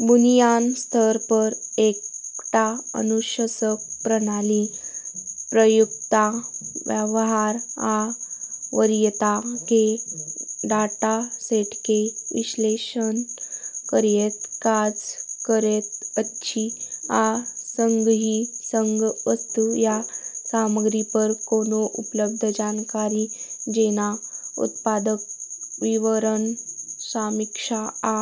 बुनियादी स्तर पर, एकटा अनुशंसक प्रणाली प्रयोक्ता व्यवहार आ वरीयता के डाटासेट के विश्लेषण करैत काज करैत अछि, आ संगहि संग वस्तु या सामग्री पर कोनो उपलब्ध जानकारी, जेना उत्पाद विवरण, समीक्षा आ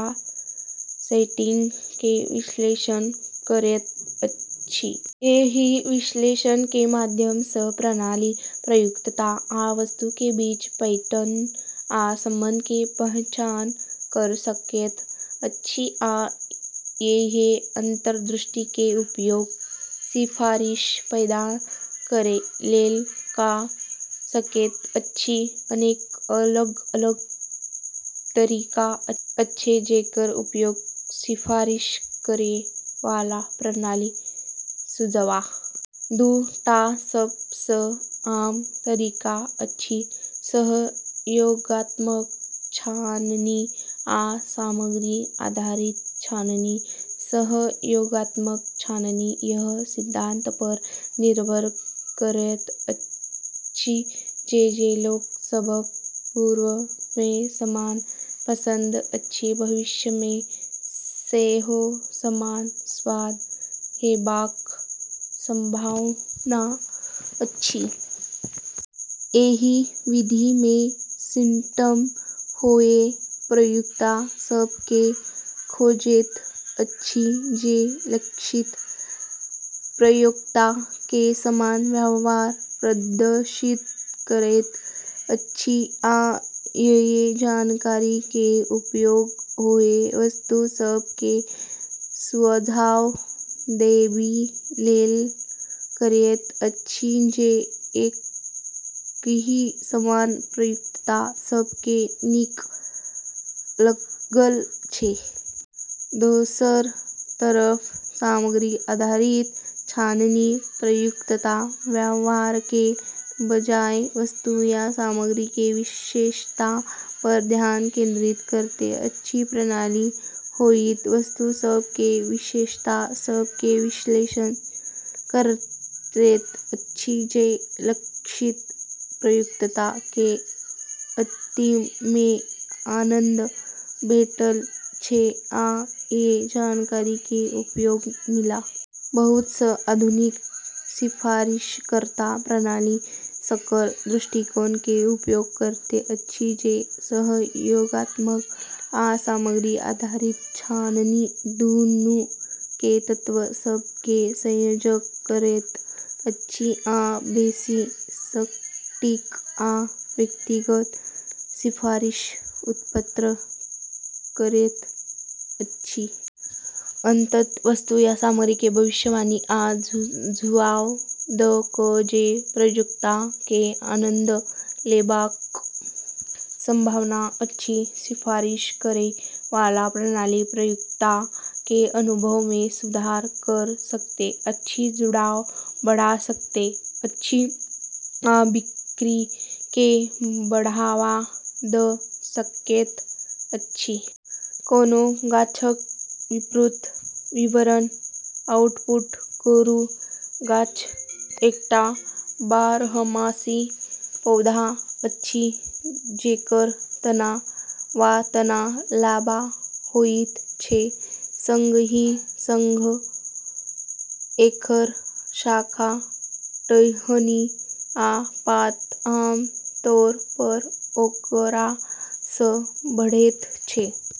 रेटिंग के विश्लेषण करैत अछि। एहि विश्लेषण के माध्यम सँ प्रणाली प्रयोक्ता आ वस्तु के बीच पैटर्न आ संबंध के पहचान कऽ सकैत अछि आ एहि अंतर्दृष्टि के उपयोग सिफारिश पैदा करै लेल कऽ सकैत अछि। अनेक अलग-अलग तरीका अछि जेकर उपयोग सिफारिश करै वाला प्रणाली सुझाव पैदा करै लेल कऽ सकैत अछि। दू टा सब सँ आम तरीका अछि सहयोगात्मक छाननी आ सामग्री आधारित छाननी। सहयोगात्मक छाननी एहि सिद्धांत पर निर्भर करैत अछि जे जे लोक सभक पूर्व मे समान पसंद अछि, भविष्य मे सेहो समान स्वाद हेबाक संभावना अछि। एहि विधि मे सिस्टम ओहि प्रयोक्ता सभ केँ खोजैत अछि जे लक्षित प्रयोक्ता के समान व्यवहार प्रदर्शित करैत अछि आ एहि जानकारी के उपयोग ओहि वस्तु सभ के सुझाव देबै लेल करैत अछि जे एहि समान प्रयोक्ता सभ केँ नीक लागल छै। दोसर तरफ सामग्री आधारित छाननी प्रयोक्ता व्यवहार के बजाय वस्तु या सामग्री के विशेषता पर ध्यान केंद्रित करैत अछि। प्रणाली ओहि वस्तु सभ के विशेषता सभ के विश्लेषण करैत अछि जे लक्षित प्रयोक्ता केँ अतीत मे आनंद भेटल छै आ एहि जानकारी के उपयोग मिलान विशेषता के संग समान वस्तु सभ के सुझाव देबै लेल करैत अछि। बहुत सँ आधुनिक सिफारिशकर्ता प्रणाली संकर दृष्टिकोण के उपयोग करैत अछि, जे सहयोगात्मक आ सामग्री आधारित छाननी दूनू के तत्व सभ के संयोजन करैत अछि आ बेसि सटीक आ व्यक्तिगत सिफारिश उत्पन्न करैत अछि। अंततः, वस्तु या सामग्री के भविष्यवाणी आ सुझाव दऽ कऽ जे प्रयोक्ता के आनंद लेबाक संभावना अछि, सिफारिश करै वाला प्रणाली प्रयोक्ता के अनुभव मे सुधार कऽ सकैत अछि, जुड़ाव बढ़ा सकैत अछि आ बिक्री केँ बढ़ावा दऽ सकैत अछि। कोनो गाछक विस्तृत विवरण आउटपुट करू। गाछ एकटा बारहमासी पौधा अछि जेकर तना वा तना लम्बा होइत छै, संगहि संग एकर शाखा, टहनी आ पात आम तौर पर ओकरा सँ बढ़ैत छै।